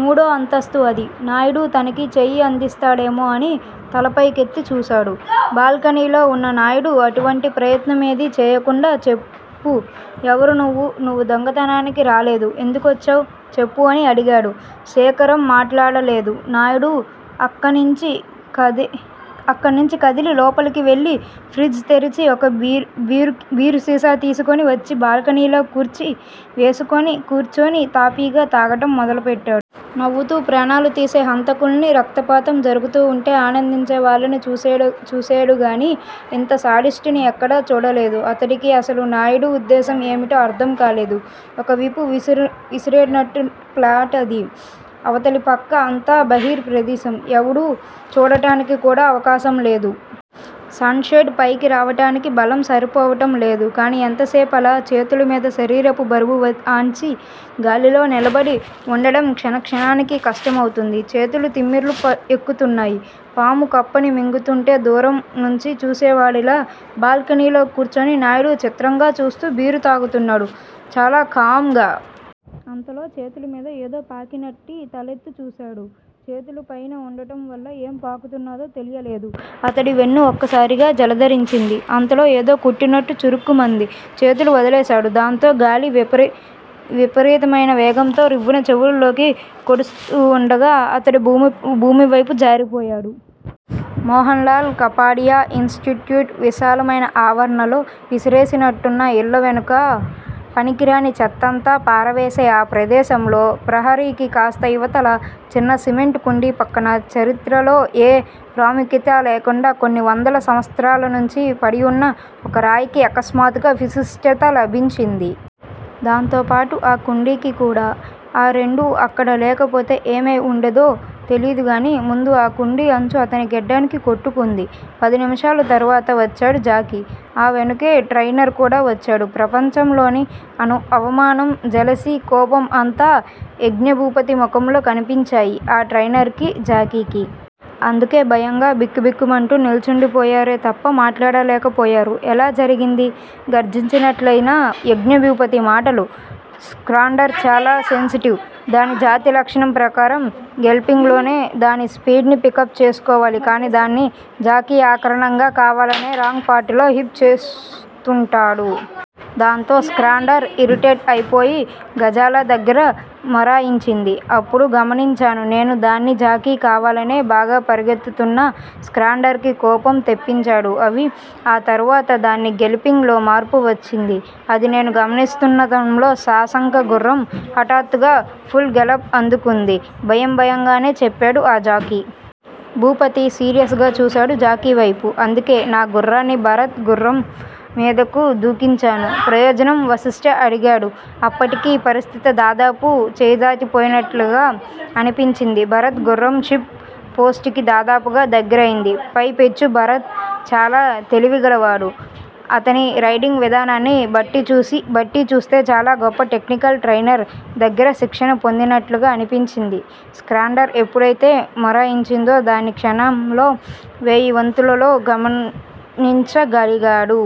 మూడో అంతస్తు అది. నాయుడు తనకి చెయ్యి అందిస్తాడేమో అని తలపైకెత్తి చూసేడు. బాల్కనీలో వున్న నాయుడు అటువంటి ప్రయత్నమేదీ చెయ్యకుండా చెప్పు, ఎవరు నువ్వు? నువ్వు దొంగతనానికి రాలేదు. ఎందుకొచ్చావ్? చెప్పు అని అడిగాడు. శేఖరం మట్లాడలేదు. నాయుడు అక్కణ్నించి కదిలి లోపలికి వెళ్ళి ఫ్రిజ్ తెరిచి ఒక బీరుసీసా తీసుకుని వచ్చి బాల్కనీలో కుర్చీ వేసుకుని కూర్చుని తాపీగా తాగటం మొదలుపెట్టాడు. నవ్వుతూ ప్రాణాలుతీసే హంతకుల్నీ, రక్తపాతం జరుగుతూ వుంటే ఆనందించే వాళ్ళనీ చూసేడు గానీ ఇంత శాడిస్టుని ఎక్కడా చూడలేదు. అతడికి అసలు నాయుడు ఉద్దేశ్యం ఏమిటో అర్థం కాలేదు. ఒకవిపు విసిరేసినట్టున్న ప్లాట్ అది. అవతలి ప్రక్క అంతా బహిర్ ప్రదేశం. ఎవడూ చూడటానికి కూడా అవకాశం లేదు. సన్- షేడ్ పైకి రావటానికి బలం సరిపోవటం లేదు. కానీ ఎంతసేపలా? చేతులమీద శరీరపు బరువు ఆన్చి, గాలిలో నిలబడి వుండడం క్షణక్షణానికి కష్టం అవుతూంది. చేతులు తిమ్మిర్లు ఎక్కుతున్నాయి. పాము కప్పని మింగుతూంటే దూరం నుంచి చూసేవాడిలా బాల్కనీలో కూర్చుని నాయుడు చిత్రంగా చూస్తూ బీరు తాగుతున్నాడు- చాలా కామ్ గా. అంతలో చేతులమీద ఏదో పాకినట్టయి తలెత్తి చూసేడు. చేతులు పైన వుండటం వల్ల ఏం పాకుతున్నదో తెలియలేదు. అతడి వెన్ను ఒక్కసారిగా జలదరించింది. అంతలో ఏదో కుట్టినట్టు చురుక్కుమంది. చేతులు వదిలేసాడు. దాంతో గాలి విపరీతమైన వేగంతో రివ్వున చెవుల్లోకి కొడ్తూవుండగా అతడు భూమివైపు జారిపోయాడు. మోహన్ లాల్ కపాడియా ఇన్ స్టిట్యూట్ విశాలమైన ఆవరణలో విసిరేసినట్టున్న ఇళ్ళ వెనుక పనికిరాని చెత్తనంతా పారవేసే ఆ ప్రదేశంలో ప్రహరీకి కాస్త ఇవతల చిన్న సిమెంట్ కుండీపక్కన, చరిత్రలో ఏ ప్రాముఖ్యత లేకుండా కొన్ని వందల సంవత్సరాలనుంచీ పడివున్న ఒక రాయికి అకస్మాత్తుగా విశిష్టత లభించింది. దాంతోపాటూ అ కుండీకి కూడా. ఆ రెండూ అక్కడ లేకపోతే ఏమై వుండేదో తెలీదుగానీ, ముందు ఆ కుండీ అంచు అతని గెడ్డానికి కొట్టుకుంది. పది నిమిషాల తరువాత వచ్చాడు జాకీ. ఆ వెనుకే ట్రైనర్ కూడా వచ్చాడు. ప్రపంచంలోని అవమానం, జెలసీ, కోపం అంతా యజ్ఞభూపతి ముఖంలో కనిపించాయి ఆ ట్రైనర్ కి, జాకీకి. అందుకే భయంగా బిక్కుబిక్కుమంటూ నిల్చుండిపోయారే తప్ప మాట్లాడలేకపోయారు. ఎలా జరిగింది? గర్జించినట్లున్నాయి యజ్ఞభూపతి మాటలు. స్కాండ్రర్ చాల సెన్సిటివ్. దాని జాతిలక్షణం ప్రకారం గెలప్పింగ్ లోనే దాని స్పీడ్ ని పికప్ చేసుకోవాలి. కాని దాన్ని జాకీ అకారణంగా కావాలనే రాంగ్ పార్టులో హిప్ చేసుంటాడు. దాంతో స్కాండ్రర్ ఇరిటేట్ అయిపోయి గజాల దగ్గర మొరాయించింది. అప్పుడు గమనించాను నేను-దాన్ని జాకీ కావాలనే బాగా పరిగెత్తుతున్న స్కాండ్రర్ కి కోపం తెప్పించాడు అవి, ఆ తరువాత దాని గేలప్పింగ్ లో మార్పు వచ్చింది. అది నేను గమనిస్తున్నంతలో శశాంక గుర్రం హఠాత్తుగా పుల్ గేలప్ అందుకుంది భయం భయంగానే చెప్పాడు ఆ జాకీ. భూపతి సీరియస్ గా చూసాడు జాకీవేపు. అందుకే నా గుర్రాన్ని భరత్ గుర్రం మీదకు దూకించాను. ప్రయోజనం వశిష్ట అడిగాడు. అప్పటికి పరిస్థితి దాదాపు చేయిదాటిపోయినట్లుగా అనిపించింది. భరత్ గుర్రం పిప్ పోస్టుకి దాదాపుగా దగ్గరయింది. పై పెచ్చు భరత్ చాలా తెలివిగలవాడు. అతని రైడింగ్ విధానాన్ని బట్టిచూస్తే చాలా గొప్ప టెక్నికల్ ట్రైనర్ దగ్గర శిక్షణ పొందినట్లుగా అనిపించింది. స్కాండ్రర్ ఎప్పుడైతే మొరాయించిందో దాన్ని క్షణంలో వెయ్యోవంతులో గమనించ గలిగాడు.